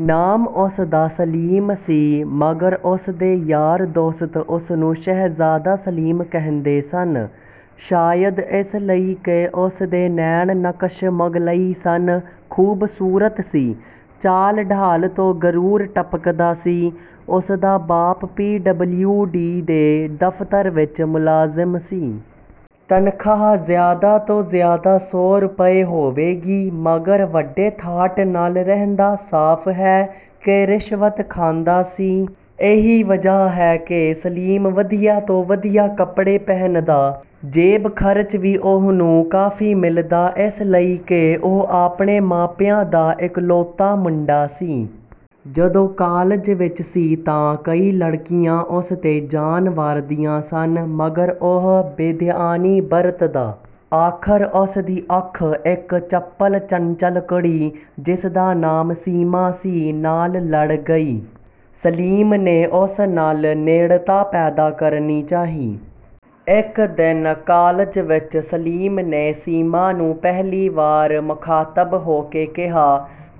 ਨਾਮ ਉਸਦਾ ਸਲੀਮ ਸੀ ਮਗਰ ਉਸਦੇ ਯਾਰ-ਦੋਸਤ ਉਸਨੂੰ ਸ਼ਹਿਜ਼ਾਦਾ ਸਲੀਮ ਕਹਿੰਦੇ ਸਨ। ਸ਼ਾਇਦ ਇਸ ਲਈ ਕਿ ਉਸਦੇ ਨੈਣ-ਨਕਸ਼ ਮੁਗ਼ਲਈ ਸਨ, ਖ਼ੂਬਸੂਰਤ ਸੀ। ਚਾਲ-ਢਾਲ ਤੋਂ ਗ਼ਰੂਰ ਟਪਕਦਾ ਸੀ। ਉਸਦਾ ਬਾਪ ਪੀ.ਡਬਲਿਊ.ਡੀ ਦੇ ਦਫ਼ਤਰ ਵਿੱਚ ਮੁਲਾਜ਼ਿਮ ਸੀ। ਤਨਖ਼ਾਹ ਜ਼ਿਆਦਾ ਤੋਂ ਜ਼ਿਆਦਾ ਸੌ ਰੁਪਏ ਹੋਵੇਗੀ ਮਗਰ ਵੱਡੇ ਠਾਟ ਨਾਲ਼ ਰਹਿੰਦਾ, ਸਾਫ਼ ਹੈ ਕਿ ਰਿਸ਼ਵਤ ਖਾਂਦਾ ਸੀ। ਇਹੀ ਵਜ੍ਹਾ ਹੈ ਕਿ ਸਲੀਮ ਵਧੀਆ ਤੋਂ ਵਧੀਆ ਕੱਪੜੇ ਪਹਿਨਦਾ। ਜੇਬ ਖ਼ਰਚ ਵੀ ਉਹਨੂੰ ਕਾਫ਼ੀ ਮਿਲਦਾ ਇਸ ਲਈ ਕਿ ਉਹ ਆਪਣੇ ਮਾਪਿਆਂ ਦਾ ਇਕਲੌਤਾ ਮੁੰਡਾ ਸੀ। ਜਦੋਂ ਕਾਲਜ ਵਿੱਚ ਸੀ ਤਾਂ ਕਈ ਲੜਕੀਆਂ ਉਸ 'ਤੇ ਜਾਨ ਵਾਰਦੀਆਂ ਸਨ ਮਗਰ ਉਹ ਬੇਧਿਆਨੀ ਬਰਤਦਾ। ਆਖ਼ਰ ਉਸ ਦੀ ਅੱਖ ਇੱਕ ਚਪਲ-ਚੰਚਲ ਕੁੜੀ, ਜਿਸਦਾ ਨਾਮ ਸੀਮਾ ਸੀ, ਨਾਲ਼ ਲੜ ਗਈ। ਸਲੀਮ ਨੇ ਉਸ ਨਾਲ਼ ਨੇੜਤਾ ਪੈਦਾ ਕਰਨੀ ਚਾਹੀ। ਇੱਕ ਦਿਨ ਕਾਲਜ ਵਿੱਚ ਸਲੀਮ ਨੇ ਸੀਮਾ ਨੂੰ ਪਹਿਲੀ ਵਾਰ ਮੁਖ਼ਾਤਬ ਹੋ ਕੇ ਕਿਹਾ,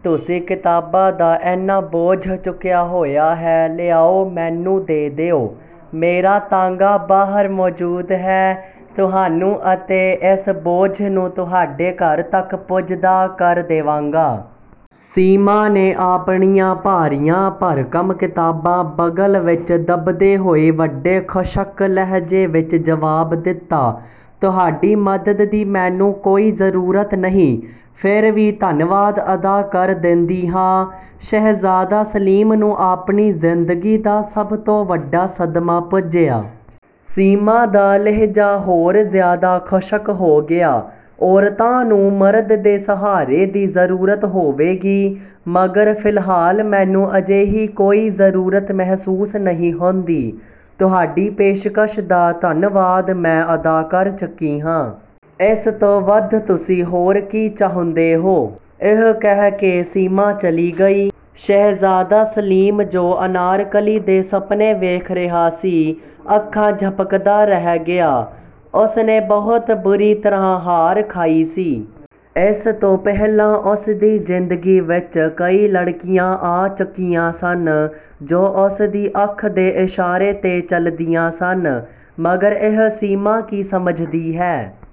"ਤੁਸੀਂ ਕਿਤਾਬਾਂ ਦਾ ਇੰਨਾ ਬੋਝ ਚੁੱਕਿਆ ਹੋਇਆ ਹੈ, ਲਿਆਓ ਮੈਨੂੰ ਦੇ ਦਿਓ। ਮੇਰਾ ਤਾਂਗਾ ਬਾਹਰ ਮੌਜੂਦ ਹੈ, ਤੁਹਾਨੂੰ ਅਤੇ ਇਸ ਬੋਝ ਨੂੰ ਤੁਹਾਡੇ ਘਰ ਤੱਕ ਪੁੱਜਦਾ ਕਰ ਦੇਵਾਂਗਾ।" ਸੀਮਾ ਨੇ ਆਪਣੀਆਂ ਭਾਰੀਆਂ-ਭਰਕਮ ਕਿਤਾਬਾਂ ਬਗ਼ਲ ਵਿੱਚ ਦੱਬਦੇ ਹੋਏ ਵੱਡੇ ਖੁਸ਼ਕ ਲਹਿਜੇ ਵਿੱਚ ਜਵਾਬ ਦਿੱਤਾ, "ਤੁਹਾਡੀ ਮਦਦ ਦੀ ਮੈਨੂੰ ਕੋਈ ਜ਼ਰੂਰਤ ਨਹੀਂ, ਫਿਰ ਵੀ ਧੰਨਵਾਦ ਅਦਾ ਕਰ ਦਿੰਦੀ ਹਾਂ।" ਸ਼ਹਿਜ਼ਾਦਾ ਸਲੀਮ ਨੂੰ ਆਪਣੀ ਜ਼ਿੰਦਗੀ ਦਾ ਸਭ ਤੋਂ ਵੱਡਾ ਸਦਮਾ ਪੁੱਜਿਆ। ਸੀਮਾ ਦਾ ਲਹਿਜਾ ਹੋਰ ਜ਼ਿਆਦਾ ਖੁਸ਼ਕ ਹੋ ਗਿਆ "ਔਰਤਾਂ ਨੂੰ ਮਰਦ ਦੇ ਸਹਾਰੇ ਦੀ ਜ਼ਰੂਰਤ ਹੋਵੇਗੀ ਮਗਰ ਫ਼ਿਲਹਾਲ ਮੈਨੂੰ ਅਜਿਹੀ ਕੋਈ ਜ਼ਰੂਰਤ ਮਹਿਸੂਸ ਨਹੀਂ ਹੁੰਦੀ। ਤੁਹਾਡੀ ਪੇਸ਼ਕਸ਼ ਦਾ ਧੰਨਵਾਦ ਮੈਂ ਅਦਾ ਕਰ ਚੁੱਕੀ ਹਾਂ। ਇਸ ਤੋਂ ਵੱਧ ਤੁਸੀਂ ਹੋਰ ਕੀ ਚਾਹੁੰਦੇ ਹੋ?"ਇਹ ਕਹਿ ਕੇ ਸੀਮਾ ਚਲੀ ਗਈ। ਸ਼ਹਿਜ਼ਾਦਾ ਸਲੀਮ ਜੋ ਅਨਾਰਕਲੀ ਦੇ ਸੁਪਨੇ ਵੇਖ ਰਿਹਾ ਸੀ, ਅੱਖਾਂ ਝਪਕਦਾ ਰਹਿ ਗਿਆ। ਉਸਨੇ ਬਹੁਤ ਬੁਰੀ ਤਰ੍ਹਾਂ ਹਾਰ ਖਾਈ ਸੀ। ਇਸ ਤੋਂ ਪਹਿਲਾਂ ਉਸਦੀ ਜ਼ਿੰਦਗੀ ਵਿੱਚ ਕਈ ਲੜਕੀਆਂ ਆ ਚੁੱਕੀਆਂ ਸਨ ਜੋ ਉਸਦੀ ਅੱਖ ਦੇ ਇਸ਼ਾਰੇ 'ਤੇ ਚੱਲਦੀਆਂ ਸਨ, ਮਗਰ ਇਹ ਸੀਮਾ ਕੀ ਸਮਝਦੀ ਹੈ?